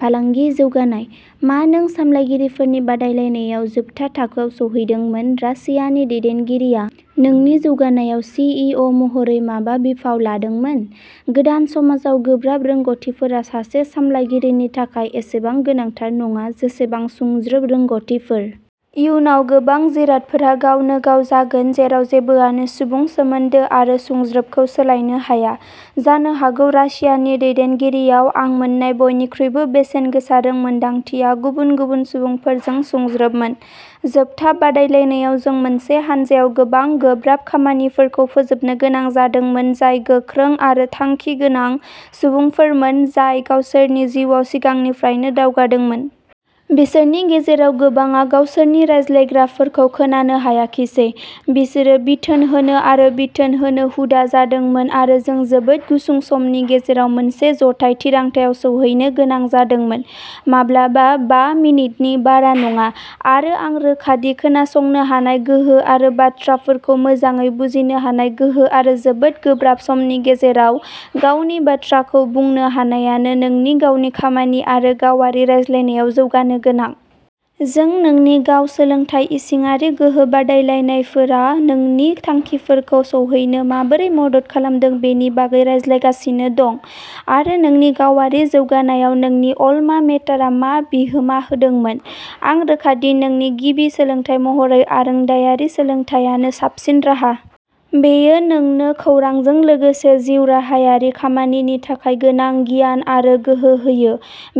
फालांगि जौगानाय। मा नों सामलायगिरिफोरनि बादायलायनायाव जोबथा थाखोआव सौहैदोंमोन रासियानि दैदेनगिरि आ नोंनि जौगानायाव सि. इ. अ. महरै माबा बिफाव लादोंमोन? गोदान समाजआव गोब्राब रोंग'थिफोरा सासे सामलायगिरिनि थाखाय एसेबां गोनांथार नङा जेसेबां सुंज्रोब रोंग'थिफोर। इयुनाव गोबां जिरादफोरा गावनो गाव जागोन जेराव जेबोआनो सुबुं सोमोन्दो आरो सुंज्रोबखौ सोलायनो हाया। जानो हागौ रासियानि दैदेनगिरि आव आं मोननाय बयनिख्रुइबो बेसेनगोसा रोंमोनदांथिया गुबुन गुबुन सुबुंफोरजों सुंज्रोबमोन। जोबथा बादायलायनायाव जों मोनसे हानजायाव गोबां गोब्राब खामानिफोरखौ फोजोबनो गोनां जादोंमोन जाय गोख्रों आरो थांखि गोनां सुबुंफोरमोन जाय गावसोरनि जिउआव सिगांनिफ्रायनो दावगादोंमोन। बिसोरनि गेजेराव गोबांआ गावसोरनि रायज्लायग्राफोरखौ खोनानो हायाखिसै। बिसोरो बिथोन होनो आरो बिथोन होनो हुदा जादोंमोन आरो जों जोबोद गुसुं समनि गेजेराव मोनसे जथाय थिरांथायाव सौहैनो गोनां जादोंमोन। माब्लाबा बा मिनिटनि बारा नङा। आरो आं रोखा दि खोनासंनो हानाय गोहो आरो बाथ्राफोरखौ मोजाङै बुजिनो हानाय गोहो आरो जोबोद गोब्राब समनि गेजेराव गावनि बाथ्राखौ बुंनो हानायानो नोंनि गावनि खामानि आरो गावारि रायज्लायनायाव जौगानो गोनां। जों नोंनि गाव सोलोंथाय इसिङारि गोहो बादायलायनायफोरा नोंनि थांखिफोरखौ सौहैनो माबोरै मदद खालामदों बेनि बागै रायज्लायगासिनो दं। आरो नोंनि गावारि जौगानायाव नोंनि अल्मा मेटारआ मा बिहोमा होदोंमोन? आं रोखा दि नोंनि गिबि सोलोंथाय महरै आरोंदायारि सोलोंथायानो साबसिन राहा। बेयो नोंनो खौरांजों लोगोसे जिउराहायारि खामानिनि थाखाय गोनां गियान आरो गोहो होयो;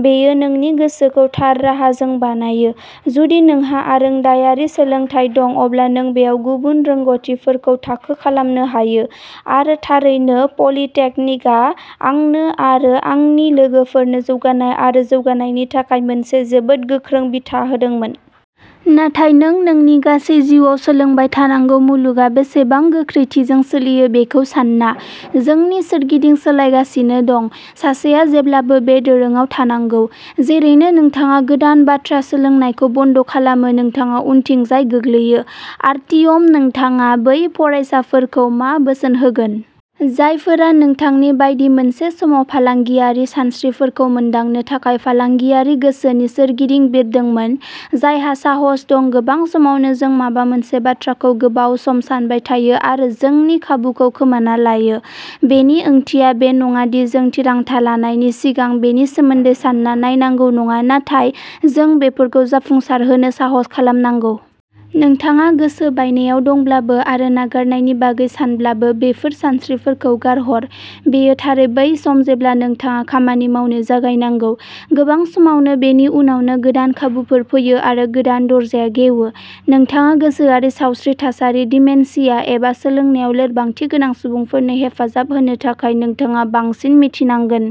बेयो नोंनि गोसोखौ थार राहाजों बानायो। जुदि नोंहा आरोंदायारि सोलोंथाय दं अब्ला नों बेयाव गुबुन रोंग'थिफोरखौ थाखो खालामनो हायो। आरो थारैनो पलिटेकनिकआ आंनो आरो आंनि लोगोफोरनो जौगानाय आरो जौगानायनि थाखाय मोनसे जोबोद गोख्रों बिथा होदोंमोन। नाथाय नों नोंनि गासै जिउआव सोलोंबाय थानांगौ मुलुगआ बेसेबां गोख्रैथिजों सोलियो बेखौ सान्ना। जोंनि सोरगिदिं सोलायगासिनो दं। सासेआ जेब्लाबो बे दोरोंआव थानांगौ। जेरैनो नोंथाङा गोदान बाथ्रा सोलोंनायखौ बन्द खालामो नोंथाङा उनथिंजाय गोग्लैयो। आर्तियम नोंथाङा बै फरायसाफोरखौ मा बोसोन होगोन। जायफोरा नोंथांनि बायदि मोनसे समाव फालांगियारि सानस्रिफोरखौ मोनदांनो थाखाय फालांगियारि गोसोनि सोरगिदिं बिरदोंमोन? जायहा साहस दं गोबां समावनो जों माबा मोनसे बाथ्राखौ गोबाव सम सानबाय थायो आरो जोंनि खाबुखौ खोमाना लायो। बेनि ओंथिया बे नङा दि जों थिरांथा लानायनि सिगां बेनि सोमोन्दै सानना नायनांगौ नङा नाथाय जों बेफोरखौ जाफुंसारहोनो साहस खालामनांगौ। नोंथाङा गोसो बायनायाव दंब्लाबो आरो नागारनायनि बागै सानब्लाबो बेफोर सानस्रिफोरखौ गारहर। बेयो थारै बै सम जेब्ला नोंथाङा खामानि मावनो जागायनांगौ। गोबां समावनो बेनि उनावनो गोदान खाबुफोर फैयो आरो गोदान दरजाया गेवो। नोंथाङा गोसोआरि सावस्रि थासारि दिमेनशिया एबा सोलोंनायाव लोरबांथि गोनां सुबुंफोरनो हेफाजाब होनो थाखाय नोंथाङा बांसिन मिथिनांगोन।